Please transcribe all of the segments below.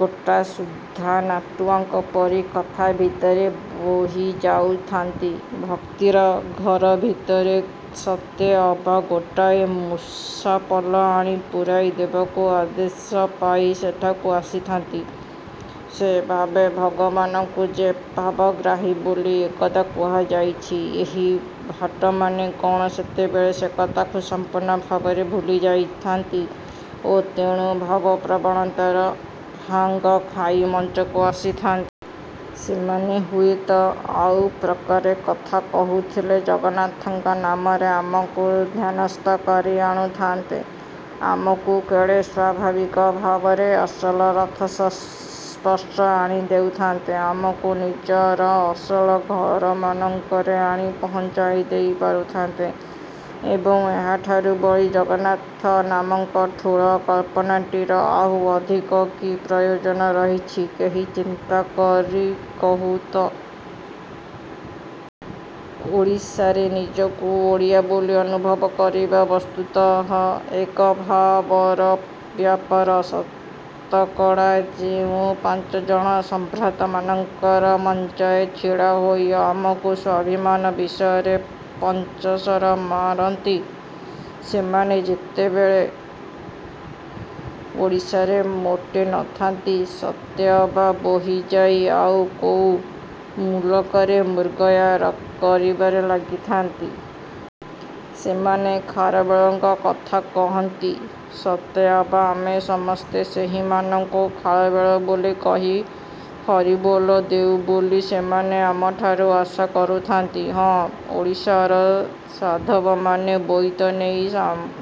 ଗୋଟାସୁଦ୍ଧା ନାଟୁଆଙ୍କ ପରି କଥା ଭିତରେ ବୋହି ଯାଉଥାନ୍ତି। ଭକ୍ତିର ଘର ଭିତରେ ସତେ ଅବା ଗୋଟାଏ ମୂଷାପଲ ଆଣି ପୂରାଇ ଦେବାକୁ ଆଦେଶ ପାଇ ସେଠାକୁ ଆସିଥାନ୍ତି। ମୁଁ ଭାବେ, ଭଗବାନଙ୍କୁ ଯେ ଭାବଗ୍ରାହୀ ବୋଲି ଏକଦା କୁହାଯାଇଛି, ଏହି ଭାଟମାନେ କ'ଣ ସେତେବେଳେ ସେକଥାକୁ ସଂପୂର୍ଣ୍ଣ ଭାବରେ ଭୁଲି ଯାଇଥାନ୍ତି ଓ ତେଣୁ ଭାବପ୍ରବଣତାର ଭାଙ୍ଗ ଖାଇ ମଞ୍ଚକୁ ଆସିଥାନ୍ତି? ସେମାନେ ହୁଏତ ଆଉ ପ୍ରକାରେ କଥା କହୁଥିଲେ ଜଗନ୍ନାଥଙ୍କ ନାମରେ ଆମକୁ ଧ୍ୟାନସ୍ଥ କରି ଆଣୁଥାନ୍ତେ। ଆମକୁ କେଡ଼େ ସ୍ୱାଭାବିକ ଭାବରେ ଅସଲ ରଥସ୍ପର୍ଶ ଆଣି ଦେଉଥାନ୍ତେ। ଆମକୁ ନିଜର ଅସଲ ଘରମାନଙ୍କରେ ଆଣି ପହଞ୍ଚାଇ ଦେଇ ପାରୁଥାନ୍ତେ। ଏବଂ, ଏହାଠାରୁ ବଳି ଜଗନ୍ନାଥ ନାମକ ଠୁଳ କଳ୍ପନାଟିର ଆଉ ଅଧିକ କି ପ୍ରୟୋଜନ ରହିଛି, କେହି ଚିନ୍ତା କରି କହୁ ତ! ଓଡ଼ିଶାରେ ନିଜକୁ ଓଡ଼ିଆ ବୋଲି ଅନୁଭବ କରିବା ବସ୍ତୁତଃ ଏକ ଭାବର ବ୍ୟାପାର। ଶତକଡ଼ା ଯେଉଁ ପାଞ୍ଚଜଣ ସମ୍ଭ୍ରାନ୍ତମାନଙ୍କର ମଞ୍ଚରେ ଛିଡ଼ା ହୋଇ ଆମକୁ ସ୍ୱାଭିମାନ ବିଷୟରେ ପଞ୍ଚଶର ମାରନ୍ତି, ସେମାନେ ସେତେବେଳେ ଓଡ଼ିଶାରେ ମୋଟେ ନଥାନ୍ତି, ସତେ ଅବା ବୋହିଯାଇ ଆଉ କୋଉ ମୁଲକରେ ମୃଗୟା କରିବାରେ ଲାଗିଥାନ୍ତି। ସେମାନେ ଖାରବେଳଙ୍କ କଥା କହନ୍ତି- ସତେଅବା ଆମେ ସମସ୍ତେ ସେହିମାନଙ୍କୁ ଖାରବେଳ ବୋଲି କହି ହରିବୋଲ ଦେଉ ବୋଲି ସେମାନେ ଆମଠାରୁ ଆଶା କରୁଥାନ୍ତି। ହଁ, ଓଡ଼ିଶାର ସାଧବମାନେ ବୋଇତ ନେଇ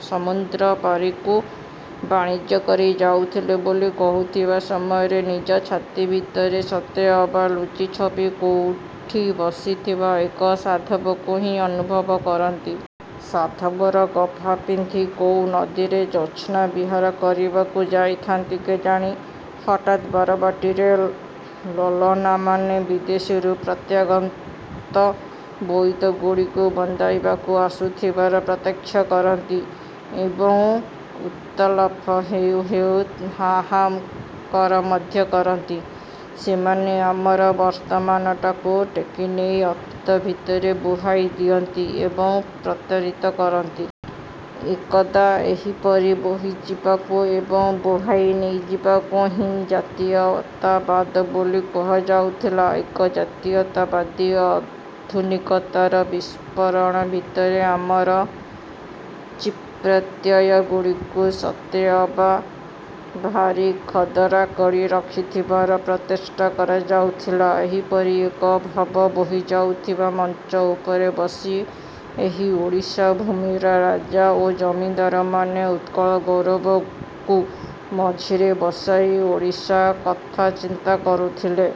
ସମୁଦ୍ରପାରିକୁ ବାଣିଜ୍ୟ କରି ଯାଉଥିଲେ ବୋଲି କହୁଥିବା ସମୟରେ ନିଜ ଛାତି ଭିତରେ ସତେ ଅବା ଲୁଚି ଛପି କୋଉଠି ବସିଥିବା ଏକ ସାଧବକୁ ହିଁ ଅନୁଭବ କରନ୍ତି। ସାଧବର ଗଭା ପିନ୍ଧି କୋଉ ନଦୀରେ ଜ୍ୟୋତ୍ସ୍ନା ବିହାର କରିବାକୁ ଯାଇଥାନ୍ତି କେଜାଣି, ହଠାତ୍ ବାରବାଟୀରେ ଲଳନାମାନେ ବିଦେଶରୁ ପ୍ରତ୍ୟାଗତ ବୋଇତଗୁଡ଼ିକୁ ବନ୍ଦାଇବାକୁ ଆସୁଥିବାର ପ୍ରତ୍ୟକ୍ଷ କରନ୍ତି ଏବଂ ଉତ୍ଫୁଲ୍ଲ ହେଉ ହେଉ ହାହାକାର ମଧ୍ୟ କରନ୍ତି। ସେମାନେ ଆମର ବର୍ତ୍ତମାନଟାକୁ ଟେକିନେଇ ଅତୀତ ଭିତରେ ବୁହାଇ ଦିଅନ୍ତି ଏବଂ ପ୍ରତାରିତ କରନ୍ତି। ଏକଦା ଏହିପରି ବୋହିଯିବାକୁ ଏବଂ ବୁହାଇ ନେଇଯିବାକୁ ହିଁ ଜାତୀୟତାବାଦ ବୋଲି କୁହାଯାଉଥିଲା। ଏକ ଜାତୀୟତାବାଦୀ ଆଧୁନିକତାର ବିସ୍ମରଣ ଭିତରେ ଆମର ଚିତ୍ପ୍ରତ୍ୟୟଗୁଡ଼ିକୁ ସତେ ଅବା ଭାରି ଖଦଡ଼ା କରି ରଖିବାର ପ୍ରଚେଷ୍ଟା କରାଯାଉଥିଲା। ଏହିପରି ଏକ ଭାବ ବୋହିଯାଉଥିବା ମଞ୍ଚ ଉପରେ ବସି ଏହି ଓଡ଼ିଶା ଭୂମିର ରାଜା ଓ ଜମିଦାରମାନେ ଉତ୍କଳଗୌରବଙ୍କୁ ମଝିରେ ବସାଇ ଓଡ଼ିଶା କଥା ଚିନ୍ତା କରୁଥିଲେ।